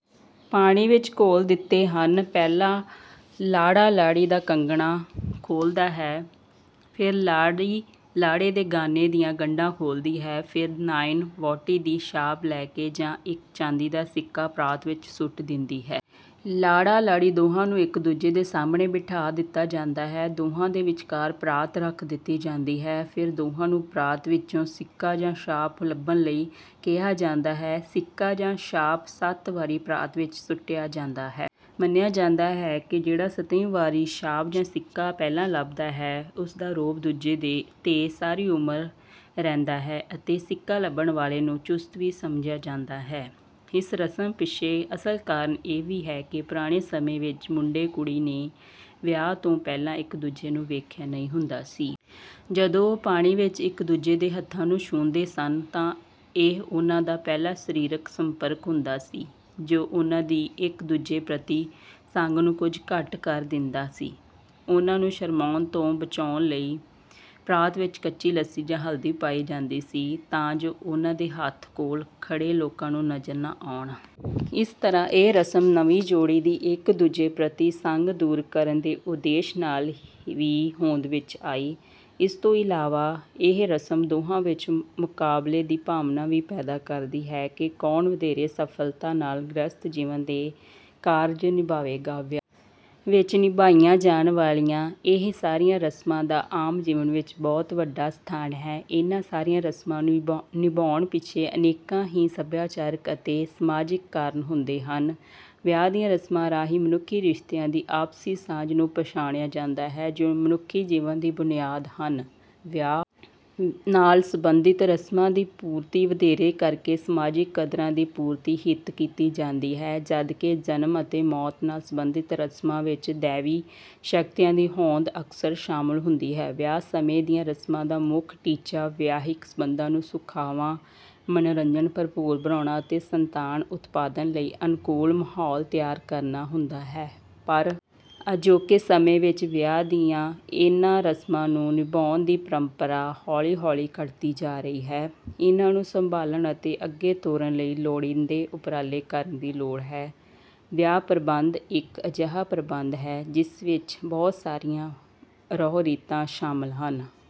ਪਾਣੀ ਵਿੱਚ ਘੋਲ ਦਿੱਤੇ ਜਾਂਦੇ ਹਨ। ਪਹਿਲਾਂ ਲਾੜਾ-ਲਾੜੀ ਦਾ ਕੰਗਣਾ ਖੋਲ੍ਹਦਾ ਹੈ, ਫਿਰ ਲਾੜੀ ਲਾੜੇ ਦੇ ਗਾਨੇ ਦੀਆਂ ਗੰਢਾਂ ਖੋਲ੍ਹਦੀ ਹੈ। ਫਿਰ ਨਾਇਣ ਵਹੁਟੀ ਦੀ ਛਾਪ ਲੈ ਕੇ ਜਾਂ ਇੱਕ ਚਾਂਦੀ ਦਾ ਸਿੱਕਾ ਪਰਾਤ ਵਿੱਚ ਸੁੱਟ ਦਿੰਦੀ ਹੈ। ਲਾੜਾ-ਲਾੜੀ ਦੋਹਾਂ ਨੂੰ ਇੱਕ-ਦੂਜੇ ਦੇ ਸਾਹਮਣੇ ਬਿਠਾ ਦਿੱਤਾ ਜਾਂਦਾ ਹੈ। ਦੋਹਾਂ ਦੇ ਵਿਚਕਾਰ ਪਰਾਤ ਰੱਖ ਦਿੱਤੀ ਜਾਂਦੀ ਹੈ। ਫਿਰ ਦੋਹਾਂ ਨੂੰ ਪਰਾਤ ਵਿੱਚੋਂ ਸਿੱਕਾ ਜਾਂ ਛਾਪ ਲੱਭਣ ਲਈ ਕਿਹਾ ਜਾਂਦਾ ਹੈ। ਸਿੱਕਾ ਜਾਂ ਛਾਪ ਸੱਤ ਵਾਰੀ ਪਰਾਤ ਵਿੱਚ ਸੁੱਟਿਆ ਜਾਂਦਾ ਹੈ। ਮੰਨਿਆ ਜਾਂਦਾ ਹੈ ਕਿ ਜਿਹੜਾ ਸੱਤਵੀਂ ਵਾਰ ਛਾਪ ਜਾਂ ਸਿੱਕਾ ਪਹਿਲਾਂ ਲੱਭਦਾ ਹੈ, ਉਸ ਦਾ ਰੋਹਬ ਦੂਜੇ ’ਤੇ ਸਾਰੀ ਉਮਰ ਰਹਿੰਦਾ ਹੈ ਅਤੇ ਸਿੱਕਾ ਲੱਭਣ ਵਾਲੇ ਨੂੰ ਚੁਸਤ ਵੀ ਸਮਝਿਆ ਜਾਂਦਾ ਹੈ। ਇਸ ਰਸਮ ਪਿੱਛੇ ਅਸਲ ਕਾਰਨ ਇਹ ਵੀ ਹੈ ਕਿ ਪੁਰਾਣੇ ਸਮੇਂ ਵਿੱਚ ਮੁੰਡੇ-ਕੁੜੀ ਨੇ ਵਿਆਹ ਤੋਂ ਪਹਿਲਾਂ ਇੱਕ-ਦੂਜੇ ਨੂੰ ਵੇਖਿਆ ਨਹੀਂ ਹੁੰਦਾ ਸੀ। ਜਦੋਂ ਉਹ ਪਾਣੀ ਵਿੱਚ ਇੱਕ-ਦੂਜੇ ਦੇ ਹੱਥਾਂ ਨੂੰ ਛੂਹਦੇ ਸਨ, ਤਾਂ ਇਹ ਉਹਨਾਂ ਦਾ ਪਹਿਲਾ ਸਰੀਰਕ ਸੰਪਰਕ ਹੁੰਦਾ ਸੀ, ਜੋ ਉਹਨਾਂ ਦੀ ਇੱਕ-ਦੂਜੇ ਪ੍ਰਤੀ ਸੰਗ ਨੂੰ ਕੁਝ ਘੱਟ ਕਰ ਦਿੰਦਾ ਸੀ। ਉਹਨਾਂ ਨੂੰ ਸ਼ਰਮਾਉਣ ਤੋਂ ਬਚਾਉਣ ਲਈ ਪਰਾਤ ਵਿੱਚ ਕੱਚੀ ਲੱਸੀ ਜਾਂ ਹਲਦੀ ਪਾਈ ਜਾਂਦੀ ਸੀ, ਤਾਂ ਜੋ ਉਹਨਾਂ ਦੇ ਹੱਥ ਕੋਲ ਖੜ੍ਹੇ ਲੋਕਾਂ ਨੂੰ ਨਜ਼ਰ ਨਾ ਆਉਣ। ਇਸ ਤਰ੍ਹਾਂ ਇਹ ਰਸਮ ਨਵੀਂ ਜੋੜੀ ਦੀ ਇੱਕ-ਦੂਜੇ ਪ੍ਰਤੀ ਸੰਗ ਦੂਰ ਕਰਨ ਦੇ ਉਦੇਸ਼ ਨਾਲ ਵੀ ਹੋਂਦ ਵਿੱਚ ਆਈ। ਇਸ ਤੋਂ ਇਲਾਵਾ, ਇਹ ਰਸਮ ਦੋਹਾਂ ਵਿੱਚ ਮੁਕਾਬਲੇ ਦੀ ਭਾਵਨਾ ਵੀ ਪੈਦਾ ਕਰਦੀ ਹੈ ਕਿ ਕੌਣ ਵਧੇਰੇ ਸਫ਼ਲਤਾ ਨਾਲ ਗ੍ਰਹਿਸਥ ਜੀਵਨ ਦੇ ਕਾਰਜ ਨਿਭਾਏਗਾ। ਵਿਆਹ ਵਿੱਚ ਨਿਭਾਈਆਂ ਜਾਣ ਵਾਲੀਆਂ ਇਹ ਸਾਰੀਆਂ ਰਸਮਾਂ ਦਾ ਆਮ ਜੀਵਨ ਵਿੱਚ ਬਹੁਤ ਵੱਡਾ ਸਥਾਨ ਹੈ। ਇਹਨਾਂ ਸਾਰੀਆਂ ਰਸਮਾਂ ਨੂੰ ਨਿਭਾਉਣ ਪਿੱਛੇ ਅਨੇਕਾਂ ਹੀ ਸੱਭਿਆਚਾਰਕ ਅਤੇ ਸਮਾਜਿਕ ਕਾਰਨ ਹੁੰਦੇ ਹਨ। ਵਿਆਹ ਦੀਆਂ ਰਸਮਾਂ ਰਾਹੀਂ ਮਨੁੱਖੀ ਰਿਸ਼ਤਿਆਂ ਦੀ ਆਪਸੀ ਸਾਂਝ ਨੂੰ ਪਛਾਣਿਆ ਜਾਂਦਾ ਹੈ, ਜੋ ਮਨੁੱਖੀ ਜੀਵਨ ਦੀ ਬੁਨਿਆਦ ਹਨ। ਵਿਆਹ ਨਾਲ ਸੰਬੰਧਿਤ ਰਸਮਾਂ ਦੀ ਪੂਰਤੀ ਵਧੇਰੇ ਕਰਕੇ ਸਮਾਜਿਕ ਕਦਰਾਂ ਦੀ ਪੂਰਤੀ ਹਿੱਤ ਕੀਤੀ ਜਾਂਦੀ ਹੈ, ਜਦਕਿ ਜਨਮ ਅਤੇ ਮੌਤ ਨਾਲ ਸੰਬੰਧਿਤ ਰਸਮਾਂ ਵਿੱਚ ਦੈਵੀ ਸ਼ਕਤੀਆਂ ਦੀ ਹੋਂਦ ਅਕਸਰ ਸ਼ਾਮਲ ਹੁੰਦੀ ਹੈ। ਵਿਆਹ ਸਮੇਂ ਦੀਆਂ ਰਸਮਾਂ ਦਾ ਮੁੱਖ ਟੀਚਾ ਵਿਆਹਿਕ ਸੰਬੰਧਾਂ ਨੂੰ ਸੁਖਾਵਾਂ, ਮਨੋਰੰਜਨ-ਭਰਪੂਰ ਬਣਾਉਣਾ ਅਤੇ ਸੰਤਾਨ ਉਤਪਾਦਨ ਲਈ ਅਨੁਕੂਲ ਮਾਹੌਲ ਤਿਆਰ ਕਰਨਾ ਹੁੰਦਾ ਹੈ। ਪਰ ਅਜੋਕੇ ਸਮੇਂ ਵਿੱਚ ਵਿਆਹ ਦੀਆਂ ਇਹਨਾਂ ਰਸਮਾਂ ਨੂੰ ਨਿਭਾਉਣ ਦੀ ਪਰੰਪਰਾ ਹੌਲੀ-ਹੌਲੀ ਘੱਟਦੀ ਜਾ ਰਹੀ ਹੈ। ਇਹਨਾਂ ਨੂੰ ਸੰਭਾਲਣ ਅਤੇ ਅੱਗੇ ਤੋਰਨ ਲਈ ਲੋੜੀਂਦੇ ਉਪਰਾਲੇ ਕਰਨ ਦੀ ਲੋੜ ਹੈ। ਵਿਆਹ ਪ੍ਰਬੰਧ ਇੱਕ ਅਜਿਹਾ ਪ੍ਰਬੰਧ ਹੈ, ਜਿਸ ਵਿੱਚ ਬਹੁਤ ਸਾਰੀਆਂ ਰਹੁ-ਰੀਤਾਂ ਸ਼ਾਮਲ ਹਨ।